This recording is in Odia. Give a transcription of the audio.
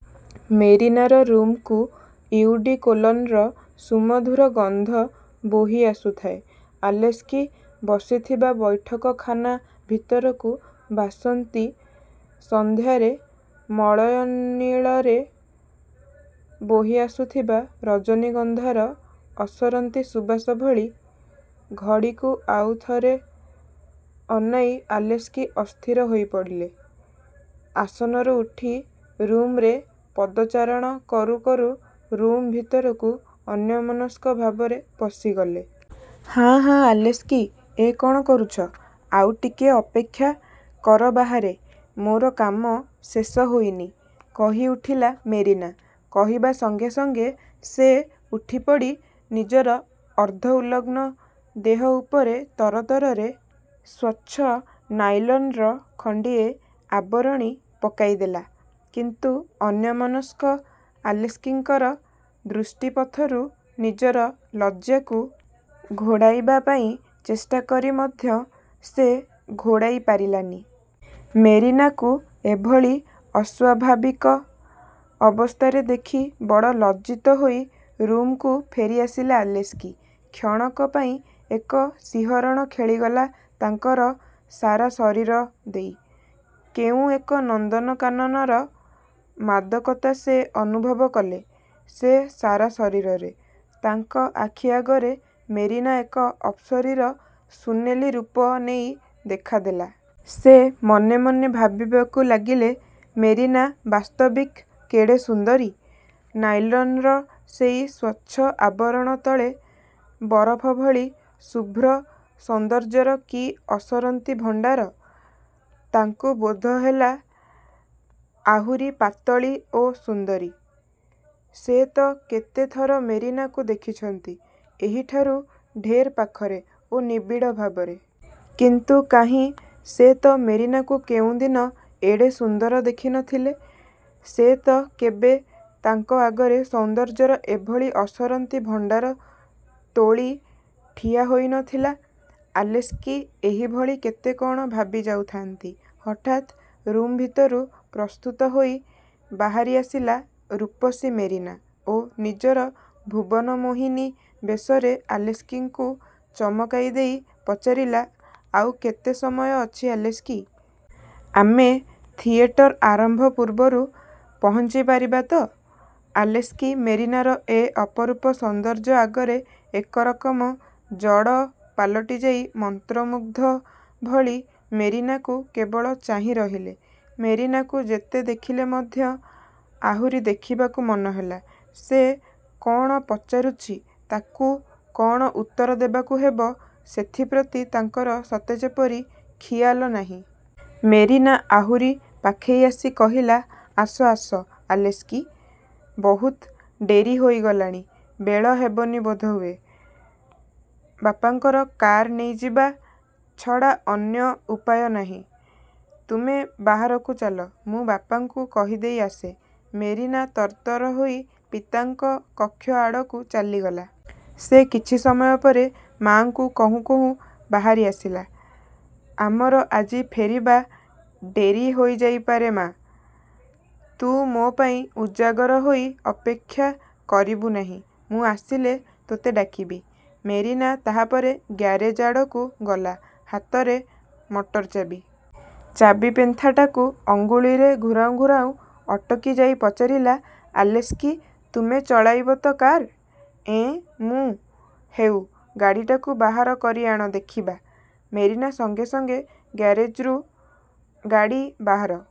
ମେରିନାର ରୁମ୍କୁ ଇଉଡ଼ିକୋଲନ୍ର ସୁମଧୁର ଗନ୍ଧ ବୋହି ଆସୁଥାଏ ଆଲେସ୍କି ବସିଥିବା ବୈଠକଖାନା ଭିତରକୁ-ବାସନ୍ତୀ ସନ୍ଧ୍ୟାରେ ମଳୟନିଳରେ ବୋହିଆସୁଥିବା ରଜନୀଗନ୍ଧାର ଅସରନ୍ତି ସୁବାସ ଭଳି। ଘଡ଼ିକୁ ଆଉ ଥରେ ଅନାଇ ଆଲେସ୍କି ଅସ୍ଥିର ହୋଇପଡ଼ିଲେ। ଆସନରୁ ଉଠି ରୁମ୍ରେ ପଦଚାରଣ କରୁ କରୁ ରୁମ୍ ଭିତରକୁ ଅନ୍ୟମନସ୍କ ଭାବରେ ପଶିଗଲେ। ''ହାଁ, ହାଁ, ଆଲେସ୍କି, ଏ କ'ଣ କରୁଛ? ଆଉ ଟିକିଏ ଅପେକ୍ଷା। କର ବାହାରେ। ମୋର କାମ ଶେଷ ହୋଇନି''-କହିଉଠିଲା ମେରିନା। କହିବା ସଙ୍ଗେ ସଙ୍ଗେ ସେ ଉଠିପଡ଼ି ନିଜର ଅର୍ଦ୍ଧ-ଉଲଗ୍ନ ଦେହ ଉପରେ ତରତରରେ ସ୍ୱଚ୍ଛ ନାଇଲନ୍ର ଖଣ୍ଡିଏ ଆବରଣୀ ପକାଇଦେଲା। କିନ୍ତୁ ଅନ୍ୟମନସ୍କ ଆଲେସ୍କିଙ୍କର ଦୃଷ୍ଟିପଥରୁ ନିଜର ଲଜ୍ଜାକୁ ଘୋଡ଼ାଇବା ପାଇଁ ଚେଷ୍ଟାକରି ମଧ୍ୟ ସେ ଘୋଡ଼ାଇ ପାରିଲାନି। ମେରିନାକୁ ଏଭଳି ଅସ୍ୱାଭାବିକ ଅବସ୍ଥାରେ ଦେଖି ବଡ଼ ଲଜ୍ଜିତ ହୋଇ ରୁମ୍କୁ ଫେରିଆସିଲେ ଆଲେସ୍କି। କ୍ଷଣକ ପାଇଁ ଏକ ଶିହରଣ ଖେଳିଗଲା ତାଙ୍କର ସାରା ଶରୀର ଦେଇ-। କେଉଁ ଏକ ନନ୍ଦନକାନନର ମାଦକତା ସେ ଅନୁଭବ କଲେ ସେ ସାରା ଶରୀରରେ। ତାଙ୍କ ଆଖିଆଗରେ ମେରିନା ଏକ ଅପ୍ସରୀର ସୁନେଲି ରୂପ ନେଇ ଦେଖା ଦେଲା। ସେ ମନେ ମନେ ଭାବିବାକୁ ଲାଗିଲେ-ମେରିନା ବାସ୍ତବିକ କେଡ଼େ ସୁନ୍ଦରୀ? ନାଇଲନ୍ର ସେଇ ସ୍ୱଚ୍ଛ ଆବରଣ ତଳେ ବରଫ ଭଳି ଶୁଭ୍ର ସୌନ୍ଦର୍ଯ୍ୟର କି ଅସରନ୍ତି ଭଣ୍ଡାର! ତାଙ୍କୁ ବୋଧ ହେଲା ଆହୁରି ପାତଳୀ ଓ ସୁନ୍ଦରୀ। ସେ ତ କେତେ ଥର ମେରିନାକୁ ଦେଖିଛନ୍ତି, ଏହିଠାରୁ ଢେର୍ ପାଖରେ ଓ ନିବିଡ଼ ଭାବରେ। କିନ୍ତୁ କାହିଁ, ସେ ତ ମେରିନାକୁ କେଉଁଦିନ ଏଡ଼େ ସୁନ୍ଦର ଦେଖି ନ ଥିଲେ। ସେ ତ କେବେ ତାଙ୍କ ଆଗରେ ସୌନ୍ଦର୍ଯ୍ୟର ଏଭଳି ଅସରନ୍ତି ଭଣ୍ଡାର ତୋଳି ଠିଆହୋଇ ନ ଥିଲା। ଆଲେସ୍କି ଏହିଭଳି କେତେ କ'ଣ ଭାବି ଯାଉଥାନ୍ତି, ହଠାତ୍ ରୁମ୍ ଭିତରୁ ପ୍ରସ୍ତୁତ ହୋଇ ବାହାରିଆସିଲା ରୂପସୀ ମେରିନା ଓ ନିଜର ଭୁବନମୋହିନୀ ବେଶରେ ଆଲେସ୍କିଙ୍କୁ ଚମକାଇଦେଇ ପଚାରିଲା, ''ଆଉ କେତେ ସମୟ ଅଛି ଆଲେସ୍କି? ଆମେ ଥିଏଟର ଆରମ୍ଭ ପୂର୍ବରୁ ପହଞ୍ଚି ପାରିବା ତ? '' ଆଲେସ୍କି ମେରିନାର ଏ ଅପରୂପ ସୌନ୍ଦର୍ଯ୍ୟ ଆଗରେ ଏକରକମ ଜଡ଼ ପାଲଟିଯାଇ ମନ୍ତ୍ରମୁଗ୍ଧ ଭଳି ମେରିନାକୁ କେବଳ ଚାହିଁ ରହିଲେ। ମେରିନାକୁ ଯେତେ ଦେଖିଲେ ମଧ୍ୟ ଆହୁରି ଦେଖିବାକୁ ମନ ହେଲା। ସେ କ'ଣ ପଚାରୁଛି, ତାକୁ କ'ଣ ଉତ୍ତର ଦେବାକୁ ହେବ, ସେଥିପ୍ରତି ତାଙ୍କର ସତେ ଯେପରି ଖିଆଲ ନାହିଁ। ମେରିନା ଆହୁରି ପାଖେଇ ଆସି କହିଲା, ''ଆସ, ଆସ ଆଲେସ୍କି! ବହୁତ ଡେରି ହୋଇଗଲାଣି, ବେଳ ହେବନି ବୋଧହୁଏ। ବାପାଙ୍କର କାର୍ ନେଇଯିବା ଛଡ଼ା ଅନ୍ୟ ଉପାୟ ନାହିଁ। ତୁମେ ବାହାରକୁ ଚାଲ। ମୁଁ ବାପାଙ୍କୁ କହିଦେଇ ଆସେ। ମେରିନା ତରତର ହୋଇ ପିତାଙ୍କ କକ୍ଷ ଆଡ଼କୁ ଚାଲିଗଲା। ସେ କିଛି ସମୟ ପରେ ମା'ଙ୍କୁ କହୁଁ କହୁଁ ବାହାରିଆସିଲା, ''ଆମର ଆଜି ଫେରିବା ଡେରି ହୋଇଯାଇପାରେ ମା! ତୁ ମୋ ପାଇଁ ଉଜାଗର ହୋଇ ଅପେକ୍ଷା, କରିବୁ ନାହିଁ। ମୁଁ ଆସିଲେ ତୋତେ ଡାକିବି। '' ମେରିନା ତାହାପରେ ଗ୍ୟାରେଜ୍ ଆଡ଼କୁ ଗଲା-ହାତରେ ମଟର ଚାବି। ଚାବିପେନ୍ଥାଟାକୁ ଅଙ୍ଗୁଳିରେ ଘୂରାଉଁ ଘୂରାଉଁ ଅଟକି ଯାଇ ପଚାରିଲା, ''ଆଲେସ୍କି, ତୁମେ ଚଳାଇବ ତ କାର୍? '' ''ଏଁ, ମୁଁ? ହେଉ, ଗାଡ଼ିଟାକୁ ବାହାର କରିଆଣ, ଦେଖିବା। '' ମେରିନା ସଙ୍ଗେ ସଙ୍ଗେ ଗ୍ୟାରେଜ୍ରୁ ଗାଡ଼ି ବାହାର